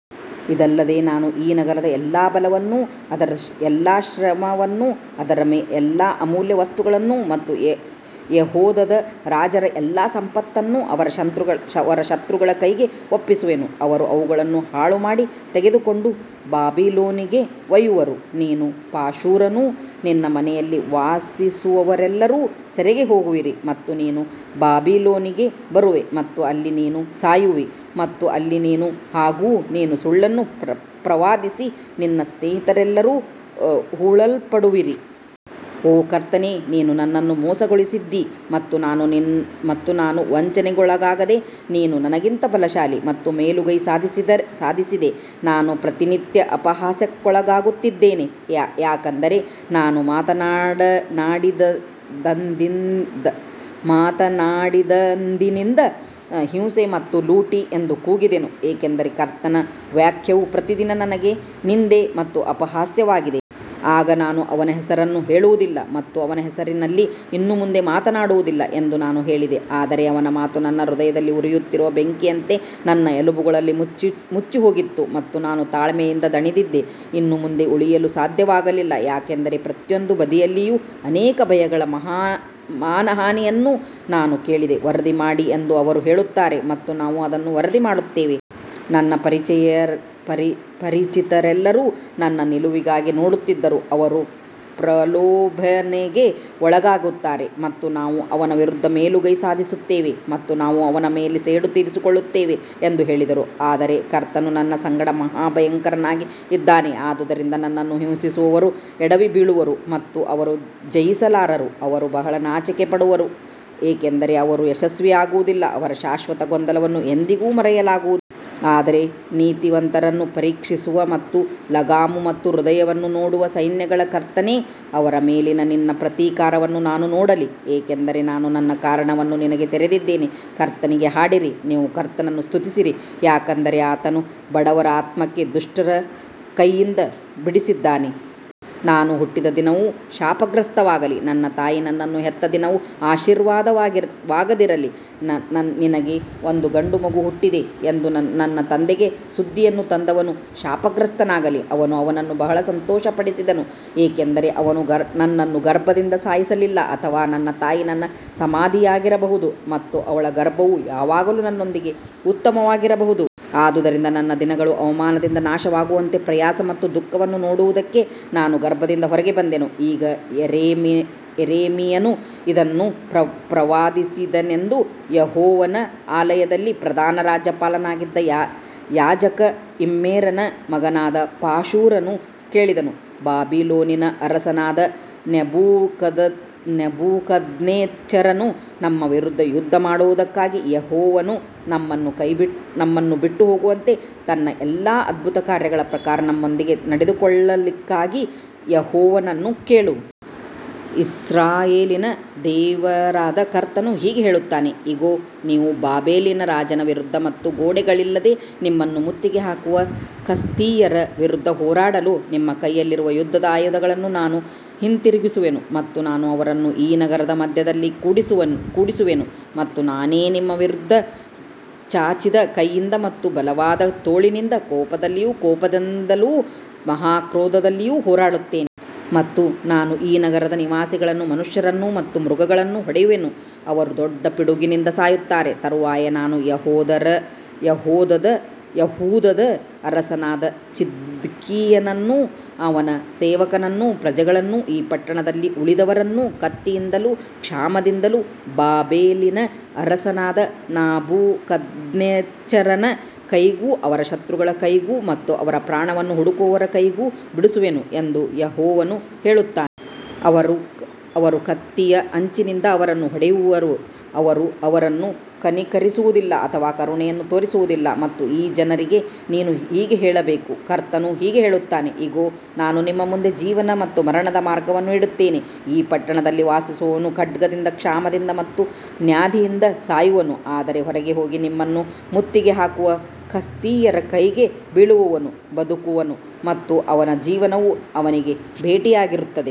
ಇದಲ್ಲದೆ ನಾನು ಈ ನಗರದ ಎಲ್ಲಾ ಬಲವನ್ನೂ ಅದರ ಎಲ್ಲಾ ಶ್ರಮವನ್ನೂ ಅದರ ಎಲ್ಲಾ ಅಮೂಲ್ಯ ವಸ್ತುಗಳನ್ನು ಮತ್ತು ಯೆಹೂದದ ರಾಜರ ಎಲ್ಲಾ ಸಂಪತ್ತನ್ನು ಅವರ ಶತ್ರುಗಳ ಕೈಗೆ ಒಪ್ಪಿಸುವೆನು, ಅವರು ಅವುಗಳನ್ನು ಹಾಳುಮಾಡಿ ತೆಗೆದುಕೊಂಡು ಬಾಬಿಲೋನಿಗೆ ಒಯ್ಯುವರು. ನೀನು ಪಾಶೂರನೂ ನಿನ್ನ ಮನೆಯಲ್ಲಿ ವಾಸಿಸುವವರೆಲ್ಲರೂ ಸೆರೆಗೆ ಹೋಗುವಿರಿ ಮತ್ತು ನೀನು ಬಾಬಿಲೋನಿಗೆ ಬರುವೆ ಮತ್ತು ಅಲ್ಲಿ ನೀನು ಸಾಯುವಿ ಮತ್ತು ಅಲ್ಲಿ ನೀನು ಹಾಗೂ ನೀನು ಸುಳ್ಳನ್ನು ಪ್ರವಾದಿಸಿದ ನಿನ್ನ ಸ್ನೇಹಿತರೆಲ್ಲರೂ ಹೂಳಲ್ಪಡುವಿರಿ. ಓ ಕರ್ತನೇ, ನೀನು ನನ್ನನ್ನು ಮೋಸಗೊಳಿಸಿದ್ದೀ ಮತ್ತು ನಾನು ವಂಚನೆಗೊಳಗಾದೆ, ನೀನು ನನಗಿಂತ ಬಲಶಾಲಿ ಮತ್ತು ಮೇಲುಗೈ ಸಾಧಿಸಿದೆ, ನಾನು ಪ್ರತಿನಿತ್ಯ ಅಪಹಾಸ್ಯಕ್ಕೊಳಗಾಗುತ್ತಿದ್ದೇನೆ. ಯಾಕಂದರೆ ನಾನು ಮಾತನಾಡಿದಂದಿನಿಂದ ಹಿಂಸೆ ಮತ್ತು ಲೂಟಿ ಎಂದು ಕೂಗಿದೆನು, ಏಕೆಂದರೆ ಕರ್ತನ ವಾಕ್ಯವು ಪ್ರತಿದಿನ ನನಗೆ ನಿಂದೆ ಮತ್ತು ಅಪಹಾಸ್ಯವಾಗಿದೆ. ಆಗ ನಾನು ಅವನ ಹೆಸರನ್ನು ಹೇಳುವುದಿಲ್ಲ ಮತ್ತು ಅವನ ಹೆಸರಿನಲ್ಲಿ ಇನ್ನು ಮುಂದೆ ಮಾತನಾಡುವುದಿಲ್ಲ ಎಂದು ನಾನು ಹೇಳಿದೆ, ಆದರೆ ಅವನ ಮಾತು ನನ್ನ ಹೃದಯದಲ್ಲಿ ಉರಿಯುತ್ತಿರುವ ಬೆಂಕಿಯಂತೆ ನನ್ನ ಎಲುಬುಗಳಲ್ಲಿ ಮುಚ್ಚಿಹೋಗಿತ್ತು ಮತ್ತು ನಾನು ತಾಳ್ಮೆಯಿಂದ ದಣಿದಿದ್ದೆ, ಇನ್ನು ಮುಂದೆ ಉಳಿಯಲು ಸಾಧ್ಯವಾಗಲಿಲ್ಲ. ಯಾಕಂದರೆ ಪ್ರತಿಯೊಂದು ಬದಿಯಲ್ಲಿಯೂ ಅನೇಕ ಭಯಗಳ ಮಾನಹಾನಿಯನ್ನು ನಾನು ಕೇಳಿದೆ, ವರದಿ ಮಾಡಿ ಎಂದು ಅವರು ಹೇಳುತ್ತಾರೆ ಮತ್ತು ನಾವು ಅದನ್ನು ವರದಿ ಮಾಡುತ್ತೇವೆ. ನನ್ನ ಪರಿಚಿತರೆಲ್ಲರೂ ನನ್ನ ನಿಲುವಿಗಾಗಿ ನೋಡುತ್ತಿದ್ದರು, ಅವರು ಪ್ರಲೋಭನೆಗೆ ಒಳಗಾಗುತ್ತಾರೆ ಮತ್ತು ನಾವು ಅವನ ವಿರುದ್ಧ ಮೇಲುಗೈ ಸಾಧಿಸುತ್ತೇವೆ ಮತ್ತು ನಾವು ಅವನ ಮೇಲೆ ಸೇಡು ತೀರಿಸಿಕೊಳ್ಳುತ್ತೇವೆ ಎಂದು ಹೇಳಿದರು. ಆದರೆ ಕರ್ತನು ನನ್ನ ಸಂಗಡ ಮಹಾ ಭಯಂಕರನಾಗಿ ಇದ್ದಾನೆ, ಆದುದರಿಂದ ನನ್ನನ್ನು ಹಿಂಸಿಸುವವರು ಎಡವಿ ಬೀಳುವರು ಮತ್ತು ಅವರು ಜಯಿಸಲಾರರು, ಅವರು ಬಹಳ ನಾಚಿಕೆಪಡುವರು, ಏಕೆಂದರೆ ಅವರು ಯಶಸ್ವಿಯಾಗುವುದಿಲ್ಲ, ಅವರ ಶಾಶ್ವತ ಗೊಂದಲವನ್ನು ಎಂದಿಗೂ ಮರೆಯಲಾಗುವುದಿಲ್ಲ. ಆದರೆ ನೀತಿವಂತರನ್ನು ಪರೀಕ್ಷಿಸುವ ಮತ್ತು ಲಗಾಮು ಮತ್ತು ಹೃದಯವನ್ನು ನೋಡುವ ಸೈನ್ಯಗಳ ಕರ್ತನೇ, ಅವರ ಮೇಲಿನ ನಿನ್ನ ಪ್ರತೀಕಾರವನ್ನು ನಾನು ನೋಡಲಿ, ಏಕೆಂದರೆ ನಾನು ನನ್ನ ಕಾರಣವನ್ನು ನಿನಗೆ ತೆರೆದಿದ್ದೇನೆ. ಕರ್ತನಿಗೆ ಹಾಡಿರಿ, ನೀವು ಕರ್ತನನ್ನು ಸ್ತುತಿಸಿರಿ, ಯಾಕಂದರೆ ಆತನು ಬಡವರ ಆತ್ಮವನ್ನು ದುಷ್ಟರ ಕೈಯಿಂದ ಬಿಡಿಸಿದ್ದಾನೆ. ನಾನು ಹುಟ್ಟಿದ ದಿನವು ಶಾಪಗ್ರಸ್ತವಾಗಲಿ, ನನ್ನ ತಾಯಿ ನನ್ನನ್ನು ಹೆತ್ತ ದಿನವು ಆಶೀರ್ವಾದವಾಗದಿರಲಿ. ನಿನಗೆ ಒಂದು ಗಂಡುಮಗು ಹುಟ್ಟಿದೆ ಎಂದು ನನ್ನ ತಂದೆಗೆ ಸುದ್ದಿಯನ್ನು ತಂದವನು ಶಾಪಗ್ರಸ್ತನಾಗಲಿ, ಅವನು ಅವನನ್ನು ಬಹಳ ಸಂತೋಷಪಡಿಸಿದನು. ಏಕೆಂದರೆ ಅವನು ನನ್ನನ್ನು ಗರ್ಭದಿಂದ ಸಾಯಿಸಲಿಲ್ಲ ಅಥವಾ ನನ್ನ ತಾಯಿ ನನ್ನ ಸಮಾಧಿಯಾಗಿರಬಹುದು ಮತ್ತು ಅವಳ ಗರ್ಭವು ಯಾವಾಗಲೂ ನನ್ನೊಂದಿಗೆ ಉತ್ತಮವಾಗಿರಬಹುದು. ಆದದರಿಂದ ನನ್ನ ದಿನಗಳು ಅವಮಾನದಿಂದ ನಾಶವಾಗುವಂತೆ ಪ್ರಯಾಸ ಮತ್ತು ದುಃಖವನ್ನು ನೋಡುವುದಕ್ಕೆ ನಾನು ಗರ್ಭದಿಂದ ಹೊರಗೆ ಬಂದೆನು. ಈಗ ಯೆರೆಮೀಯನು ಇದನ್ನು ಪ್ರವಾದಿಸಿದನೆಂದು ಯೆಹೋವನ ಆಲಯದಲ್ಲಿ ಪ್ರಧಾನ ರಾಜ್ಯಪಾಲನಾಗಿದ್ದ ಯಾಜಕ ಇಮ್ಮೇರನ ಮಗನಾದ ಪಾಶೂರನು ಕೇಳಿದನು. ಬಾಬಿಲೋನಿನ ಅರಸನಾದ ನೆಬೂಕದ್ನೆಚ್ಚರನು ನಮ್ಮ ವಿರುದ್ಧ ಯುದ್ಧಮಾಡುವದಕ್ಕಾಗಿ ಯೆಹೋವನು ನಮ್ಮನ್ನು ಬಿಟ್ಟುಹೋಗುವಂತೆ ತನ್ನ ಎಲ್ಲಾ ಅದ್ಭುತಕಾರ್ಯಗಳ ಪ್ರಕಾರ ನಮ್ಮೊಂದಿಗೆ ನಡೆದುಕೊಳ್ಳಲಿಕ್ಕಾಗಿ ಯೆಹೋವನನ್ನು ಕೇಳು. ಇಸ್ರಾಯೇಲಿನ ದೇವರಾದ ಕರ್ತನು ಹೀಗೆ ಹೇಳುತ್ತಾನೆ, ಇಗೋ, ನೀವು ಬಾಬೆಲಿನ ರಾಜನ ವಿರುದ್ಧ ಮತ್ತು ಗೋಡೆಗಳಿಲ್ಲದೆ ನಿಮ್ಮನ್ನು ಮುತ್ತಿಗೆ ಹಾಕುವ ಕಸ್ದೀಯರ ವಿರುದ್ಧ ಹೋರಾಡಲು ನಿಮ್ಮ ಕೈಯಲ್ಲಿರುವ ಯುದ್ಧದ ಆಯುಧಗಳನ್ನು ನಾನು ಹಿಂತಿರುಗಿಸುವೆನು ಮತ್ತು ನಾನು ಅವರನ್ನು ಈ ನಗರದ ಮಧ್ಯದಲ್ಲಿ ಕೂಡಿಸುವೆನು. ಮತ್ತು ನಾನೇ ನಿಮ್ಮ ವಿರುದ್ಧ ಚಾಚಿದ ಕೈಯಿಂದ ಮತ್ತು ಬಲವಾದ ತೋಳಿನಿಂದ ಕೋಪದಲ್ಲಿಯೂ ಕೋಪದಿಂದಲೂ ಮಹಾಕ್ರೋಧದಲ್ಲಿಯೂ ಹೋರಾಡುತ್ತೇನೆ. ಮತ್ತು ನಾನು ಈ ನಗರದ ನಿವಾಸಿಗಳನ್ನು, ಮನುಷ್ಯರನ್ನು ಮತ್ತು ಮೃಗಗಳನ್ನು ಹೊಡೆಯುವೆನು, ಅವರು ದೊಡ್ಡ ಪಿಡುಗಿನಿಂದ ಸಾಯುತ್ತಾರೆ. ತರುವಾಯ ನಾನು ಯೆಹೂದದ ಅರಸನಾದ ಚಿದ್ಕೀಯನನ್ನೂ ಅವನ ಸೇವಕರನ್ನೂ ಪ್ರಜೆಗಳನ್ನೂ ಈ ಪಟ್ಟಣದಲ್ಲಿ ಉಳಿದವರನ್ನೂ ಕತ್ತಿಯಿಂದಲೂ ಕ್ಷಾಮದಿಂದಲೂ ಬಾಬೆಲಿನ ಅರಸನಾದ ನೆಬೂಕದ್ನೆಚ್ಚರನ ಕೈಗೂ ಅವರ ಶತ್ರುಗಳ ಕೈಗೂ ಮತ್ತು ಅವರ ಪ್ರಾಣವನ್ನು ಹುಡುಕುವವರ ಕೈಗೂ ಬಿಡಿಸುವೆನು ಎಂದು ಯೆಹೋವನು ಹೇಳುತ್ತಾನೆ. ಅವರು ಕತ್ತಿಯ ಅಂಚಿನಿಂದ ಅವರನ್ನು ಹೊಡೆಯುವರು, ಅವರು ಅವರನ್ನು ಕನಿಕರಿಸುವುದಿಲ್ಲ ಅಥವಾ ಕರುಣೆಯನ್ನು ತೋರಿಸುವುದಿಲ್ಲ. ಮತ್ತು ಈ ಜನರಿಗೆ ನೀನು ಹೀಗೆ ಹೇಳಬೇಕು, ಕರ್ತನು ಹೀಗೆ ಹೇಳುತ್ತಾನೆ, ಇಗೋ, ನಾನು ನಿಮ್ಮ ಮುಂದೆ ಜೀವನ ಮತ್ತು ಮರಣದ ಮಾರ್ಗವನ್ನು ಇಡುತ್ತೇನೆ. ಈ ಪಟ್ಟಣದಲ್ಲಿ ವಾಸಿಸುವವನು ಖಡ್ಗದಿಂದ, ಕ್ಷಾಮದಿಂದ ಮತ್ತು ವ್ಯಾಧಿಯಿಂದ ಸಾಯುವನು, ಆದರೆ ಹೊರಗೆ ಹೋಗಿ ನಿಮ್ಮನ್ನು ಮುತ್ತಿಗೆ ಹಾಕುವ ಕಸ್ದೀಯರ ಕೈಗೆ ಬೀಳುವವನು ಬದುಕುವನು ಮತ್ತು ಅವನ ಜೀವನವು ಅವನಿಗೆ ಬೇಟೆಯಾಗಿರುತ್ತದೆ.